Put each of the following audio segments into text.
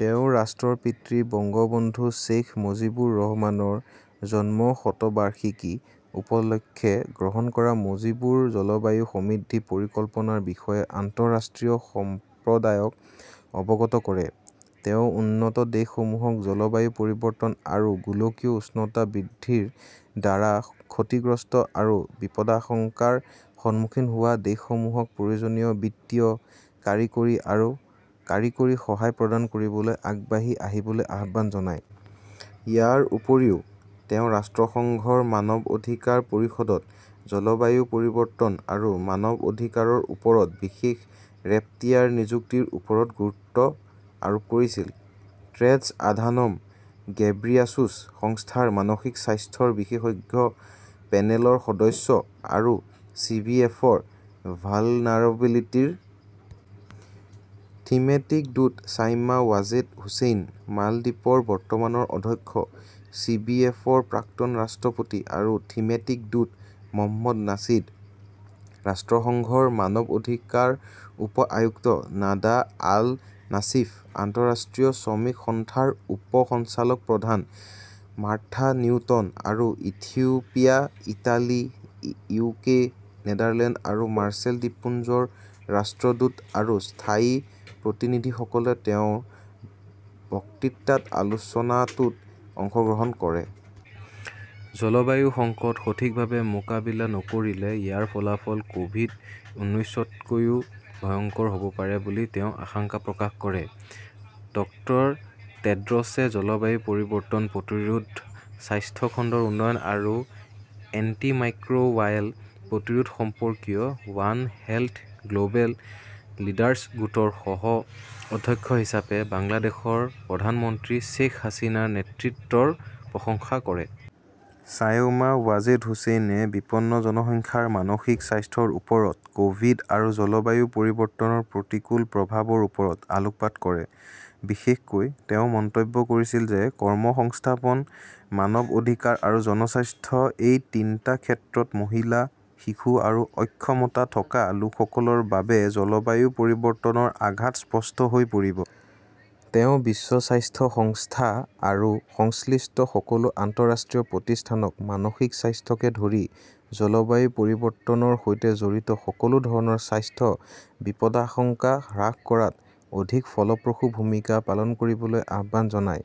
তেওঁ ৰাষ্ট্ৰৰ পিতৃ বঙ্গবন্ধু শ্বেইখ মুজিবুৰ ৰহমানৰ জন্মশতবাৰ্ষিকী উপলক্ষে গ্ৰহণ কৰা মুজিবুৰ জলবায়ু সমৃদ্ধি পৰিকল্পনাৰ বিষয়ে আন্তঃৰাষ্ট্ৰীয় সম্প্ৰদায়ক অৱগত কৰে। তেওঁ উন্নত দেশসমূহক জলবায়ু পৰিৱৰ্তন আৰু গোলকীয় উষ্ণতা বৃদ্ধিৰ দ্বাৰা ক্ষতিগ্ৰস্ত আৰু বিপদাশংকাৰ সন্মুখীন হোৱা দেশসমূহক প্ৰয়োজনীয় বিত্তীয়, কাৰিকৰী আৰু কাৰিকৰী সহায় প্ৰদান কৰিবলৈ আগবাঢ়ি আহিবলৈ আহ্বান জনায়। ইয়াৰ উপৰিও, তেওঁ ৰাষ্ট্ৰসংঘৰ মানৱ অধিকাৰ পৰিষদত জলবায়ু পৰিৱৰ্তন আৰু মানৱ অধিকাৰৰ ওপৰত বিশেষ ৰেপটিয়াৰ নিযুক্তিৰ ওপৰত গুৰুত্ব আৰোপ কৰিছিল। টেড্ৰছ আধানম গেব্ৰিয়াছুছ, সংস্থাৰ মানসিক স্বাস্থ্যৰ বিশেষজ্ঞ পেনেলৰ সদস্য আৰু চিভিএফৰ ভালনাৰাবিলিটি ৰ থিমেটিক দূত চাইমা ৱাজেদ হোসেন, মালদ্বীপৰ বৰ্তমানৰ অধ্যক্ষ, চিভিএফৰ প্ৰাক্তন ৰাষ্ট্ৰপতি আৰু থিমেটিক দূত মহম্মদ নাছিদ, ৰাষ্ট্ৰসংঘৰ মানৱ অধিকাৰ উপ আয়ুক্ত নাডা আল নাছিফ, আন্তঃৰাষ্ট্ৰীয় শ্ৰমিক সংস্থাৰ উপ সঞ্চালক প্ৰধান মাৰ্থা নিউটন, আৰু ইথিওপিয়া, ইটালী, ইউকে, নেদাৰলেণ্ড আৰু মাৰ্শ্বেল দ্বীপপুঞ্জৰ ৰাষ্ট্ৰদূত আৰু স্থায়ী প্ৰতিনিধিসকলে তেওঁৰ বক্তৃতাত আলোচনাটোত অংশগ্ৰহণ কৰে। জলবায়ু সংকট সঠিকভাৱে মোকাবিলা নকৰিলে ইয়াৰ ফলাফল ক'ভিড উনৈছতকৈও ভয়ংকৰ হ'ব পাৰে বুলি তেওঁ আশংকা প্ৰকাশ কৰে। ড. টেড্ৰছে জলবায়ু পৰিৱৰ্তন প্ৰতিৰোধ, স্বাস্থ্য খণ্ডৰ উন্নয়ন আৰু এন্টিমাইক্ৰ'বায়েল প্ৰতিৰোধ সম্পৰ্কীয় ৱান হেল্থ গ্ল'বেল লিডাৰ্ছ গোটৰ সহ অধ্যক্ষ হিচাপে বাংলাদেশৰ প্ৰধানমন্ত্ৰী শ্বেখ হাছিনাৰ নেতৃত্বৰ প্ৰশংসা কৰে। ছায়মা ৱাজেদ হুচেইনে বিপন্ন জনসংখ্যাৰ মানসিক স্বাস্থ্যৰ ওপৰত ক'ভিড আৰু জলবায়ু পৰিৱৰ্তনৰ প্ৰতিকূল প্ৰভাৱৰ ওপৰত আলোকপাত কৰে। বিশেষকৈ তেওঁ মন্তব্য কৰিছিল যে কৰ্মসংস্থাপন, মানৱ অধিকাৰ আৰু জনস্বাস্থ্য এই তিনিটা ক্ষেত্ৰত মহিলা, শিশু আৰু অক্ষমতা থকা লোকসকলৰ বাবে জলবায়ু পৰিৱৰ্তনৰ আঘাত স্পষ্ট হৈ পৰিব। তেওঁ বিশ্ব স্বাস্থ্য সংস্থা আৰু সংশ্লিষ্ট সকলো আন্তঃৰাষ্ট্ৰীয় প্ৰতিষ্ঠানক মানসিক স্বাস্থ্যকে ধৰি জলবায়ু পৰিৱৰ্তনৰ সৈতে জড়িত সকলো ধৰণৰ স্বাস্থ্য বিপদাশংকা হ্ৰাস কৰাত অধিক ফলপ্ৰসূ ভূমিকা পালন কৰিবলৈ আহ্বান জনায়।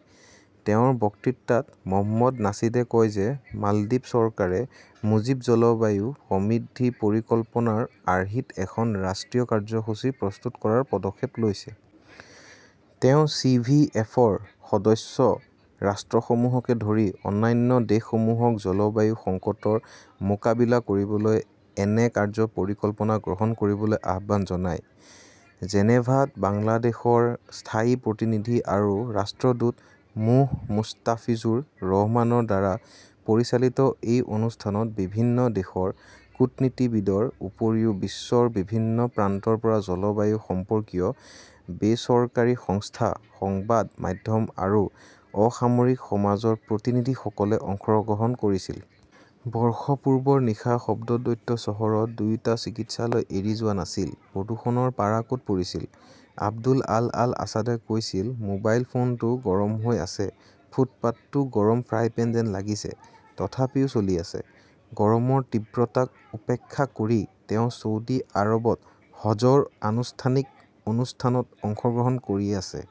তেওঁৰ বক্তৃতাত মহম্মদ নাছিদে কয় যে মালদ্বীপ চৰকাৰে মুজীব জলবায়ু সমৃদ্ধি পৰিকল্পনাৰ আৰ্হিত এখন ৰাষ্ট্ৰীয় কাৰ্যসূচী প্ৰস্তুত কৰাৰ পদক্ষেপ লৈছে। তেওঁ চি ভি এফৰ সদস্য ৰাষ্ট্ৰসমূহকে ধৰি অন্যান্য দেশসমূহক জলবায়ু সংকটৰ মোকাবিলা কৰিবলৈ এনে কাৰ্য্য পৰিকল্পনা গ্ৰহণ কৰিবলৈ আহ্বান জনায়। জেনেভাত বাংলাদেশৰ স্থায়ী প্ৰতিনিধি আৰু ৰাষ্ট্ৰদূত মো. মুষ্টাফিজুৰ ৰহমানৰ দ্বাৰা পৰিচালিত এই অনুষ্ঠানত বিভিন্ন দেশৰ কূটনীতিবিদৰ উপৰিও বিশ্বৰ বিভিন্ন প্ৰান্তৰ পৰা জলবায়ু সম্পৰ্কীয় বেচৰকাৰী সংস্থা, সংবাদ মাধ্যম আৰু অসামৰিক সমাজৰ প্ৰতিনিধিসকলে অংশগ্ৰহণ কৰিছিল। বৰ্ষপূৰ্বৰ নিশা শব্দদৈত্য চহৰত, দুয়োটা চিকিৎসালয় এৰি যোৱা নাছিল, প্ৰদূষণৰ পাৰা ক'ত পৰিছিল? আব্দুল আল আল আসাদে কৈছিল, মোবাইল ফোনটো গৰম হৈ আছে, ফুটপাতটো গৰম ফ্ৰাই পেন যেন লাগিছে, তথাপিও চলি আছে। গৰমৰ তীব্ৰতাক উপেক্ষা কৰি তেওঁ ছৌদি আৰৱত হজ্জৰ আনুষ্ঠানিক অনুষ্ঠানত অংশগ্ৰহণ কৰি আছে।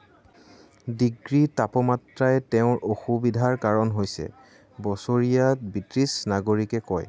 ডিগ্ৰী তাপমাত্ৰাই তেওঁৰ অসুবিধাৰ কাৰণ হৈছে, বছৰীয়া ব্ৰিটিছ নাগৰিকে কয়।